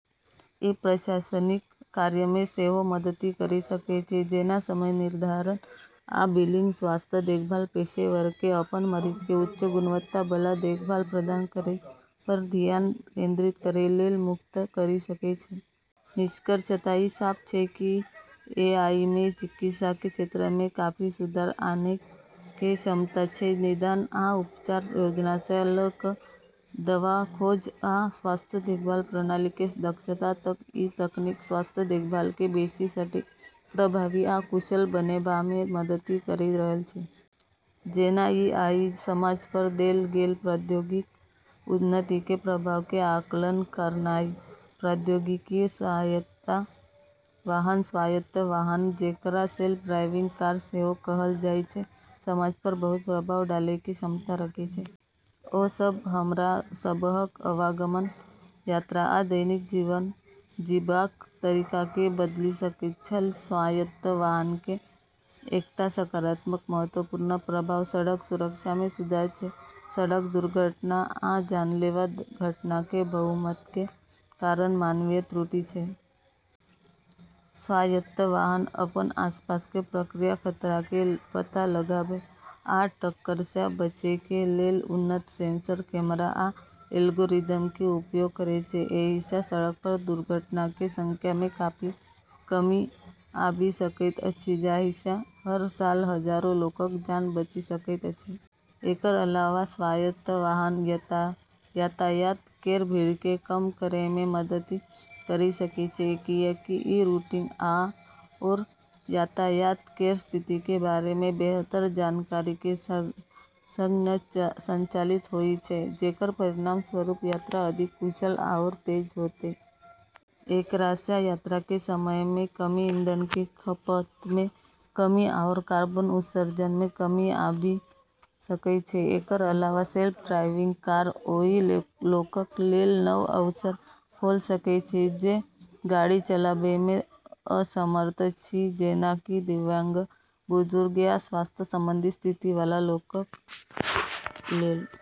ई प्रशासनिक कार्यमे सेहो मदति करि सकै छै, जेना समय निर्धारण आ बिलिंग, स्वास्थ्य देखभाल पेशेवरके अपन मरीजके उच्च गुणवत्ताबला देखभाल प्रदान करै पर धियान केंद्रित करै लेल मुक्त करि सकै छै । निष्कर्षतः ई साफ छै कि एआईमे चिकित्साके क्षेत्रमे काफी सुधार आनैके क्षमता छै। निदान आ उपचार योजनासँ ल' क' दवा खोज आ स्वास्थ्य देखभाल प्रणालीके दक्षता तक, ई तकनीक स्वास्थ्य देखभालके बेशी सटीक, प्रभावी आ कुशल बनेबामे मदति करि रहल छै । जेना ए. आई. समाज पर देल गेल प्रौद्योगिकी उन्नतिके प्रभावके आकलन करनाइ। प्रौद्योगिकी: स्वायत्त वाहन स्वायत्त वाहन, जेकरा सेल्फ ड्राइविंग कार सेहो कहल जाइ छै, समाज पर बहुत प्रभाव डालैके क्षमता रखै छै। ओ सब हमरा सबहक आवागमन, यात्रा आ दैनिक जीवन जीबाक तरीकाके बदलि सकैत छल। स्वायत्त वाहनके एकटा सकारात्मक महत्वपूर्ण प्रभाव सड़क सुरक्षामे सुधार छै । सड़क दुर्घटना आ जानलेवा घटनाके बहुमतके कारण मानवीय त्रुटि छै। स्वायत्त वाहन अपन आसपासके प्रक्रिया, खतराके पता लगाबै आ टक्करसँ बचैके लेल उन्नत सेंसर, कैमरा आ एल्गोरिदमके उपयोग करै छै । एहिसँ सड़क पर दुर्घटनाके संख्यामे काफी कमी आबि सकैत अछि, जाहिसँ हर साल हजारों लोकक जान बचि सकैत अछि। एकर अलावा स्वायत्त वाहन यातायात केर भीड़के कम करैमे मदति करि सकै छै, किएकि ई रूटिंग आओर यातायात केर स्थितिके बारेमे बेहतर जानकारीके सङ्ग संचालित होइ छै, जेकर परिणामस्वरूप यात्रा अधिक कुशल आओर तेज हेतै । एकरासँ यात्राके समयमे कमी, ईंधनके खपतमे कमी आओर कार्बन उत्सर्जनमे कमी आबि सकै छै। एकर अलावा, सेल्फ ड्राइविंग कार ओइ लोकक लेल नव अवसर खोल सकै छै जे गाड़ी चलाबैमे असमर्थ छै, जेना कि दिव्यांग, बुजुर्ग या स्वास्थ्य संबंधी स्थिति वाला लोकक लेल ।